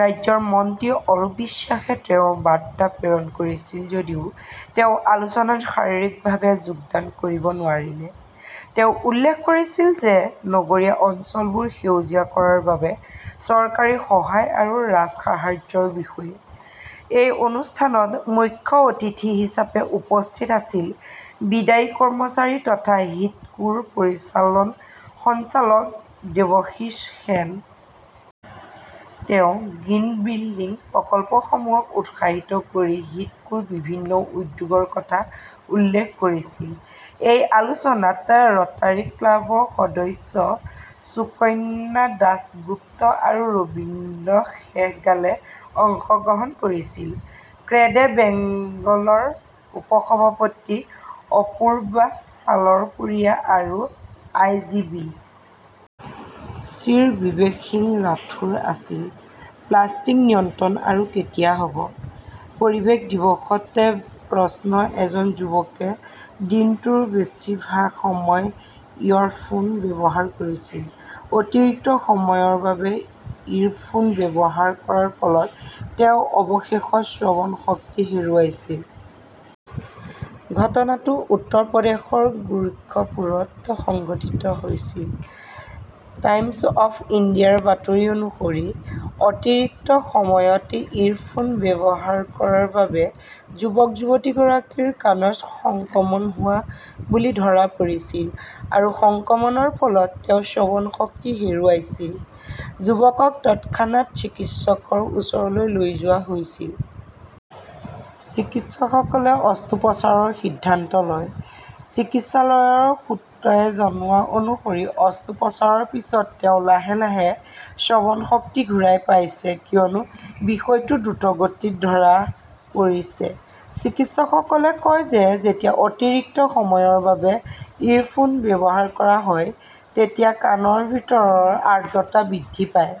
"ৰাজ্যৰ মন্ত্ৰী অৰূপ বিশ্বাসে তেওঁৰ বাৰ্তা প্ৰেৰণ কৰিছিল যদিও তেওঁ আলোচনাত শাৰীৰিকভাৱে যোগদান কৰিব নোৱাৰিলে। তেওঁ উল্লেখ কৰিছিল যে নগৰীয়া অঞ্চলবোৰ সেউজীয়া কৰাৰ বাবে চৰকাৰী সহায় আৰু ৰাজসাহায্যৰ বিষয়ে। এই অনুষ্ঠানত মুখ্য অতিথি হিচাপে উপস্থিত আছিল বিদায়ী কৰ্মচাৰী তথা হিডকোৰ পৰিচালন সঞ্চালক দেৱশীছ সেন। তেওঁ 'গ্ৰীণ বিল্ডিং "প্ৰকল্পসমূহক উৎসাহিত কৰি হিডকোৰ বিভিন্ন উদ্যোগৰ কথা উল্লেখ কৰিছিল। এই আলোচনাত ৰটাৰী ক্লাবৰ সদস্য সুকন্যা দাসগুপ্ত আৰু ৰবীন্দ্ৰ সেহগালে অংশগ্ৰহণ কৰিছিল। ক্ৰেডে বেংগলৰ উপ-সভাপতি অপূৰ্বা ছালৰপুৰিয়া আৰু আই. জি. বি. চি. ৰ বিবেক সিং ৰাথোৰ আছিল। প্লাষ্টিক নিয়ন্ত্ৰণ আৰু কেতিয়া হ "ব? পৰিৱেশ দিৱসত প্ৰশ্ন এজন যুৱকে দিনটোৰ বেছিভাগ সময় 'ইয়ৰফোন "ব্যৱহাৰ কৰিছিল। অতিৰিক্ত সময়ৰ বাবে ইৰফোন ব্যৱহাৰ কৰাৰ ফলত তেওঁ অৱশেষত শ্ৰৱণশক্তি হেৰুৱাইছিল। ঘটনাটো উত্তৰ প্ৰদেশৰ গোৰক্ষপুৰত সংঘটিত হৈছিল। টাইমছ অৱ ইণ্ডিয়াৰ বাতৰি অনুসৰি, অতিৰিক্ত সময়ত 'ইৰফোন "ব্যৱহাৰ কৰাৰ বাবে যুৱক-যুৱতীগৰাকীৰ কাণত সংক্ৰমণ হোৱা বুলি ধৰা পৰিছিল। আৰু সংক্ৰমণৰ ফলত তেওঁ শ্ৰৱণশক্তি হেৰুৱাইছিল। যুৱকক তৎক্ষণাত চিকিৎসকৰ ওচৰলৈ লৈ যোৱা হৈছিল। চিকিৎসকসকলে অস্ত্ৰোপচাৰৰ সিদ্ধান্ত লয়। চিকিৎসালয়ৰ সূত্ৰই জনোৱা অনুসৰি অস্ত্ৰোপচাৰৰ পিছত তেওঁ লাহে লাহে শ্ৰৱণশক্তি ঘূৰাই পাইছে কিয়নো বিষয়টো দ্ৰুতগতিত ধৰা পৰিছে। চিকিৎসকসকলে কয় যে যেতিয়া অতিৰিক্ত সময়ৰ বাবে 'ইৰফোন "ব্যৱহাৰ কৰা হয়, তেতিয়া কাণৰ ভিতৰৰ আৰ্দ্ৰতা বৃদ্ধি পায়।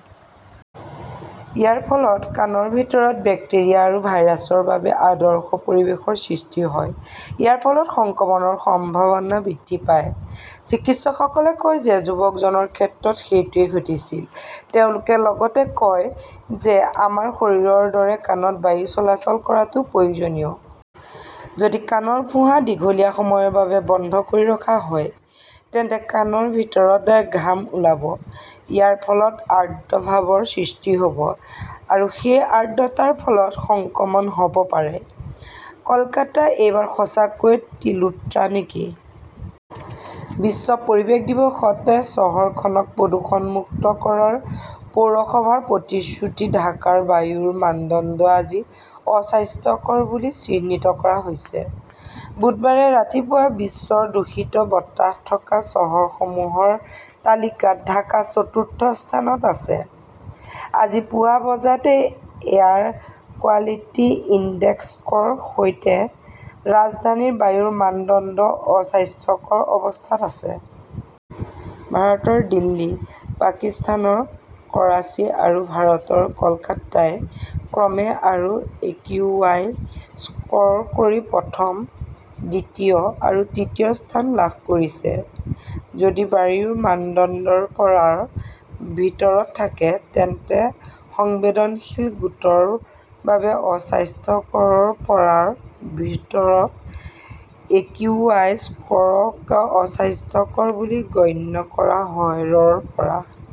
ইয়াৰ ফলত কাণৰ ভিতৰত বেক্টেৰিয়া আৰু ভাইৰাছৰ বাবে আদৰ্শ পৰিৱেশৰ সৃষ্টি হয়। ইয়াৰ ফলত সংক্ৰমণৰ সম্ভাৱনা বৃদ্ধি পায়। চিকিৎসকসকলে কয় যে যুৱকজনৰ ক্ষেত্ৰত সেইটোৱেই ঘটিছিল। তেওঁলোকে লগতে কয় যে আমাৰ শৰীৰৰ দৰে কাণত বায়ু চলাচল কৰাটো প্ৰয়োজনীয়। যদি কাণৰ ফোঁহা দীঘলীয়া সময়ৰ বাবে বন্ধ কৰি ৰখা হয়, তেন্তে কাণৰ ভিতৰত ঘাম ওলাব। ইয়াৰ ফলত আৰ্দ্ৰ ভাবৰ সৃষ্টি হ "ব। আৰু সেই আৰ্দ্ৰতাৰ ফলত সংক্ৰমণ হ "ব পাৰে। কলকাতা এইবাৰ সঁচাকৈয়ে টিলোট্টা নেকি? বিশ্ব পৰিৱেশ দিৱসত চহৰখনক প্ৰদূষণমুক্ত কৰাৰ পৌৰসভাৰ প্ৰতিশ্ৰুতি ঢাকাৰ বায়ুৰ মানদণ্ড আজি "অস্বাস্থ্যকৰ" বুলি চিহ্নিত কৰা হৈছে। বুধবাৰে ৰাতিপুৱা বিশ্বৰ দূষিত বতাহ থকা চহৰসমূহৰ তালিকাত ঢাকা চতুৰ্থ স্থানত আছে। আজি পুৱা বজাত এয়াৰ কোৱালিটি ইনডেক্স স্ক "ৰ ৰ সৈতে ৰাজধানীৰ বায়ুৰ মানদণ্ড" অস্বাস্থ্যকৰ "অৱস্থাত আছে। ভাৰতৰ দিল্লী, পাকিস্তানৰ কৰাচী আৰু ভাৰতৰ কলকাতাই ক্ৰমে আৰু একিউআই স্ক "ৰ কৰি প্ৰথম, দ্বিতীয় আৰু তৃতীয় স্থান লাভ কৰিছে। যদি বায়ুৰ মানদণ্ড ৰ পৰা ৰ ভিতৰত থাকে তেন্তে "সংবেদনশীল গোটৰ বাবে অস্বাস্থ্যকৰ", ৰ পৰা ৰ ভিতৰত একিউআই স্ক "ৰক" অস্বাস্থ্যকৰ "বুলি গণ্য কৰা হয়। ৰ পৰা